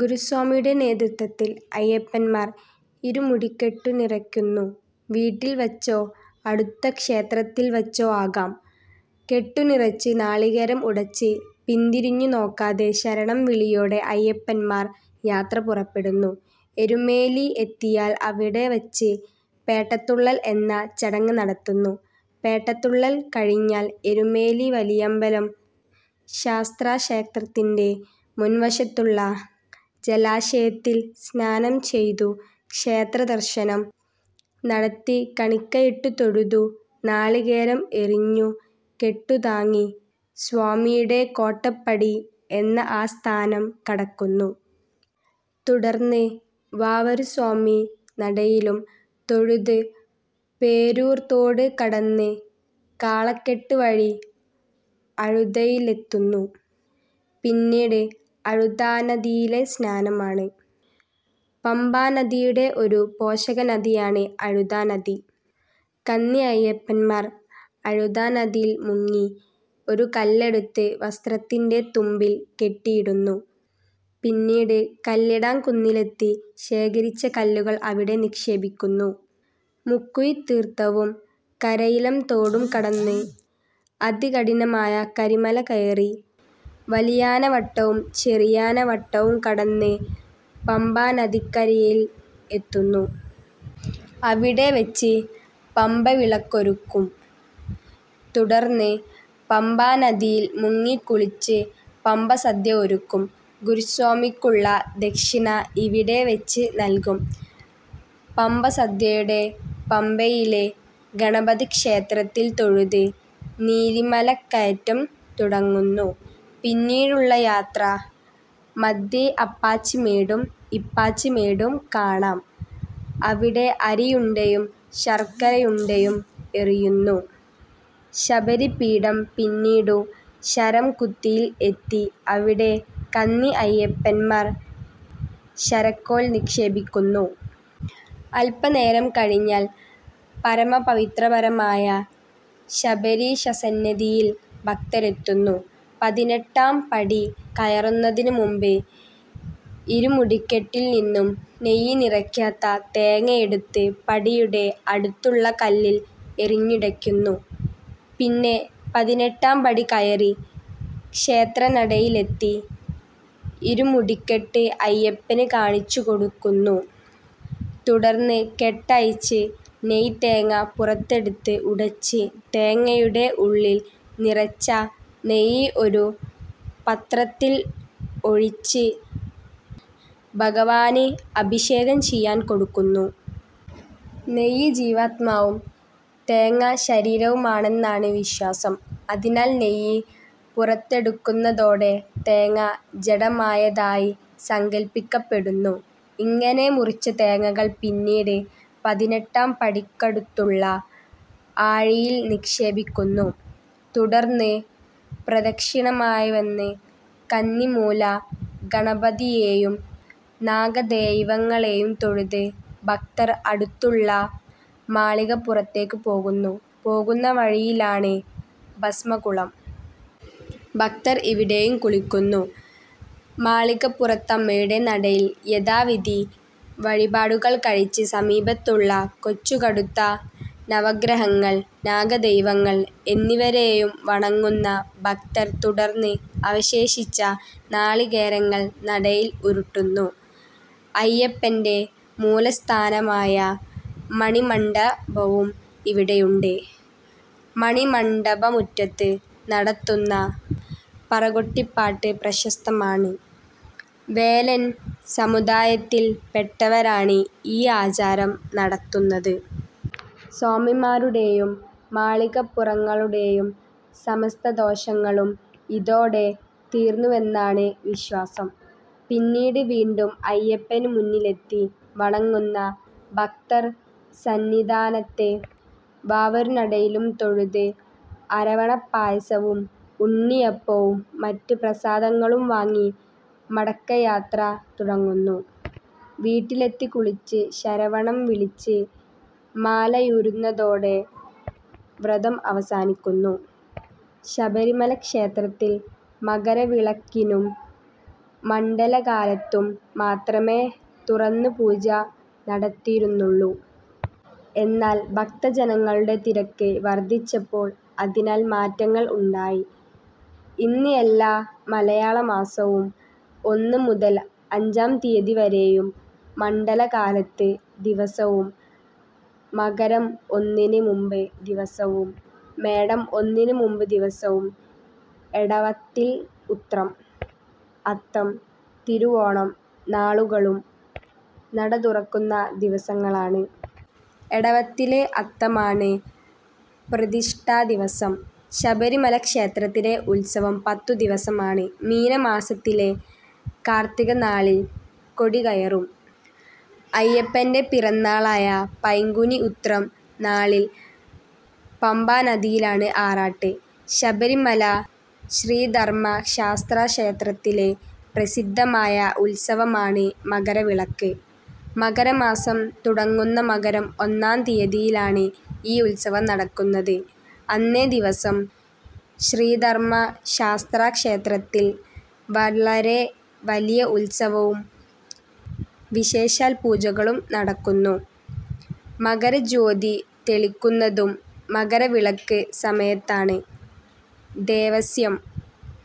ഗുരുസ്വാമിയുടെ നേതൃത്വത്തിൽ അയ്യപ്പന്മാർ ഇരുമുടിക്കെട്ടുനിറയ്ക്കുന്നു. വീട്ടിൽ വച്ചോ അടുത്ത ക്ഷേത്രത്തിൽ വെച്ചോ ആകാം. കെട്ടുനിറച്ച്, നാളികേരം ഉടച്ച്, പിന്തിരിഞ്ഞു നോക്കാതെ, ശരണം വിളിയോടെ അയ്യപ്പന്മാർ യാത്ര പുറപെടുന്നു. എരുമേലി എത്തിയാൽ അവിടെ വച്ച് പേട്ടതുള്ളൽ എന്ന ചടങ്ങ് നടത്തുന്നു. പേട്ടതുള്ളൽ കഴിഞ്ഞാൽ എരുമേലി വലിയമ്പലം ശാസ്താക്ഷേത്രത്തിന്റെ മുൻവശത്തുള്ള ജലാശയത്തിൽ സ്നാനം ചെയ്തു ക്ഷേത്ര ദർശനം നടത്തി കാണിക്കയിട്ടു തൊഴുതു നാളികേരം എറിഞ്ഞു കെട്ടുതാങ്ങി 'സ്വാമിയുടെ കോട്ടപ്പടി' എന്ന ആ സ്ഥാനം കടക്കുന്നു. തുടർന്ന് വാവരുസ്വാമി നടയിലും തൊഴുത് പേരൂർതോട് കടന്ന് കാളകെട്ടി വഴി അഴുതയിലെത്തുന്നു. പിന്നീട് അഴുതാനദിയിലെ സ്നാനമാണ്. പമ്പാനദിയുടെ ഒരു പോഷകനദിയാണ് അഴുതാനദി. കന്നി അയ്യപ്പന്മാർ അഴുതയിൽ മുങ്ങി ഒരു കല്ലെടുത്ത് വസ്ത്രത്തിന്റെ തുമ്പിൽ കെട്ടിയിടുന്നു. പിന്നീട് കല്ലിടാംകുന്നിലെത്തി ശേഖരിച്ച കല്ലുകൾ അവിടെ നിക്ഷേപിക്കുന്നു. മുക്കുഴിതീർത്ഥവും കരിയിലംതോടും കടന്ന്, അതികഠിനമായ കരിമല കയറി, വലിയാനവട്ടവും ചെറിയാനവട്ടവും കടന്ന് പമ്പാനദിക്കരയിൽ എത്തുന്നു. അവിടെവച്ച് പമ്പവിളക്കൊരുക്കും. തുടർന്ന് പമ്പാനദിയിൽ മുങ്ങിക്കുളിച്ചു പമ്പസദ്യ ഒരുക്കും. ഗുരുസ്വാമിയ്ക്കുള്ള ദക്ഷിണ ഇവിടെവച്ച് നൽകണം. പമ്പസദ്യയുണ്ട് പമ്പയിലെ ഗണപതിക്ഷേത്രത്തിൽ തൊഴുത് നീലിമലകയറ്റം തുടങ്ങുന്നു. പിന്നീടുള്ള യാത്ര മദ്ധ്യേ അപ്പാച്ചിമേടും, ഇപ്പാച്ചിമേടും കാണാം. അവിടെ അരിയുണ്ടയും ശർക്കരയുണ്ടയും എറിയുന്നു. ശബരിപീഠം പിന്നീടു ശരംകുത്തിയിൽ എത്തി അവിടെ കന്നി അയ്യപ്പൻമാർ ശരക്കോൽ നിക്ഷേപിക്കുന്നു. അല്പനേരം കഴിഞ്ഞാൽ പരമപവിത്രമായ ശബരീശസന്നിധിയിൽ ഭക്തരെത്തുന്നു. പതിനെട്ടാം പടി കയറുന്നതിന് മുമ്പ് ഇരുമുടിക്കെട്ടിൽനിന്നും നെയ്യ് നിറയ്ക്കാത്ത തേങ്ങയെടുത്ത് പടിയുടെ അടുത്തുള്ള കല്ലിൽ എറിഞ്ഞുടയ്ക്കുന്നു. പിന്നെ പതിനെട്ടാംപടി കയറി ക്ഷേത്രനടയിലെത്തി ഇരുമുടിക്കെട്ട് അയ്യപ്പന് കാണിച്ചു കൊടുക്കുന്നു. തുടർന്ന്, കെട്ടഴിച്ച് നെയ്തേങ്ങ പുറത്തെടുത്ത് ഉടച്ച്, തേങ്ങയുടെ ഉള്ളിൽ നിറച്ച നെയ്യ് ഒരു പത്രത്തിൽ ഒഴിച്ച് ഭഗവാന് അഭിഷേകം ചെയ്യാൻ കൊടുക്കുന്നു. നെയ്യ് ജീവാത്മാവും തേങ്ങ ശരീരവുമാണെന്നാണ് വിശ്വാസം. അതിനാൽ, നെയ്യ് പുറത്തെടുക്കുന്നതോടെ തേങ്ങ ജഡമായതായി സങ്കല്പിയ്ക്കപ്പെടുന്നു. ഇങ്ങനെ മുറിച്ച തേങ്ങകൾ പിന്നീട് പതിനെട്ടാം പടിയ്ക്കടുത്തുള്ള ആഴിയിൽ നിക്ഷേപിയ്ക്കുന്നു. തുടർന്ന്, പ്രദക്ഷിണമായി വന്ന് കന്നിമൂല ഗണപതിയെയും നാഗദൈവങ്ങളെയും തൊഴുത് ഭക്തർ അടുത്തുള്ള മാളികപ്പുറത്തേയ്ക്ക് പോകുന്നു. പോകുന്ന വഴിയിലാണ് ഭസ്മക്കുളം. ഭക്തർ ഇവിടെയും കുളിയ്ക്കുന്നു. മാളികപ്പുറത്തമ്മയുടെ നടയിൽ യഥാവിധി വഴിപാടുകൾ കഴിച്ച് സമീപത്തുള്ള കൊച്ചുകടുത്ത, നവഗ്രഹങ്ങൾ, നാഗദൈവങ്ങൾ എന്നിവരെയും വണങ്ങുന്ന ഭക്തർ തുടർന്ന് അവശേഷിച്ച നാളികേരങ്ങൾ നടയിൽ ഉരുട്ടുന്നു. അയ്യപ്പന്റെ മൂലസ്ഥാനമായ മണിമണ്ഡപവും ഇവിടെയാണ്. മണിമണ്ഡപമുറ്റത്ത് നടത്തുന്ന പറകൊട്ടിപ്പാട്ട് പ്രശസ്തമാണ്. വേലൻ സമുദായത്തിൽ പെട്ടവരാണ് ഈ ആചാരം നടത്തുന്നത്. സ്വാമിമാരുടെയും മാളികപ്പുറങ്ങളുടെയും സമസ്തദോഷങ്ങളും ഇതോടെ തീർന്നുവെന്നാണ് വിശ്വാസം. പിന്നീട്, വീണ്ടും അയ്യപ്പന് മുന്നിലെത്തി വണങ്ങുന്ന ഭക്തർസന്നിധാനത്തെ വാവരുനടയിലും തൊഴുത് അരവണപ്പായസവും ഉണ്ണിയപ്പവും മറ്റ് പ്രസാദങ്ങളും വാങ്ങി മടക്കയാത്ര തുടങ്ങുന്നു. വീട്ടിലെത്തി കുളിച്ച് ശരണംവിളിച്ച് മാലയൂരുന്നതോടെ വ്രതം അവസാനിയ്ക്കുന്നു. ശബരിമല ക്ഷേത്രത്തിൽ മകരവിളക്കിനും മണ്ഡലകാലത്തും മാത്രമേ തുറന്ന് പൂജ നടത്തിയിരുന്നുള്ളു. എന്നാൽ ഭക്തജനങ്ങളുടെ തിരക്ക് വർദ്ധിച്ചപ്പോൾ അതിൽ മാറ്റങ്ങൾ ഉണ്ടായി. ഇന്ന് എല്ലാ മലയാളമാസവും ഒന്ന് മുതൽ അഞ്ചാം തിയതി വരെയും, മണ്ഡല കാലത്ത് ദിവസവും, മകരം ഒന്നിനു മുമ്പ് ദിവസവും, മേടം ഒന്നിനു മുമ്പ് ദിവസവും എടവത്തിൽ ഉത്രം, അത്തം, തിരുവോണം നാളുകളും നടതുറക്കുന്ന ദിവസങ്ങളാണ്. എടവത്തിലെ അത്തമാണ് പ്രതിഷ്ഠാദിവസം. ശബരിമല ക്ഷേത്രത്തിലെ ഉത്സവം പത്തുദിവസമാണ്. മീനമാസത്തിലെ കാർത്തികനാളിൽ കൊടികയറും. അയ്യപ്പന്റെ പിറന്നാളായ പൈങ്കുനി ഉത്രം നാളിൽ പമ്പാനദിയിലാണ് ആറാട്ട്. ശബരിമല ശ്രീധർമ്മശാസ്താക്ഷേത്രത്തിലെ പ്രസിദ്ധമായ ഉത്സവമാണ് മകര വിളക്ക്. മകരമാസം തുടങ്ങുന്ന മകരം ഒന്നാം തീയതിയാണ് ഈ ഉത്സവം നടക്കുന്നത്. അന്നേദിവസം ശ്രീധർമ്മശാസ്താക്ഷേത്രത്തിൽ വളരെ വലിയ ഉത്സവവും വിശേഷാൽ പൂജകളും നടക്കുന്നു. മകരജ്യോതി തെളിക്കുന്നതും മകര വിളക്ക് സമയത്താണ്. ദേവസ്വം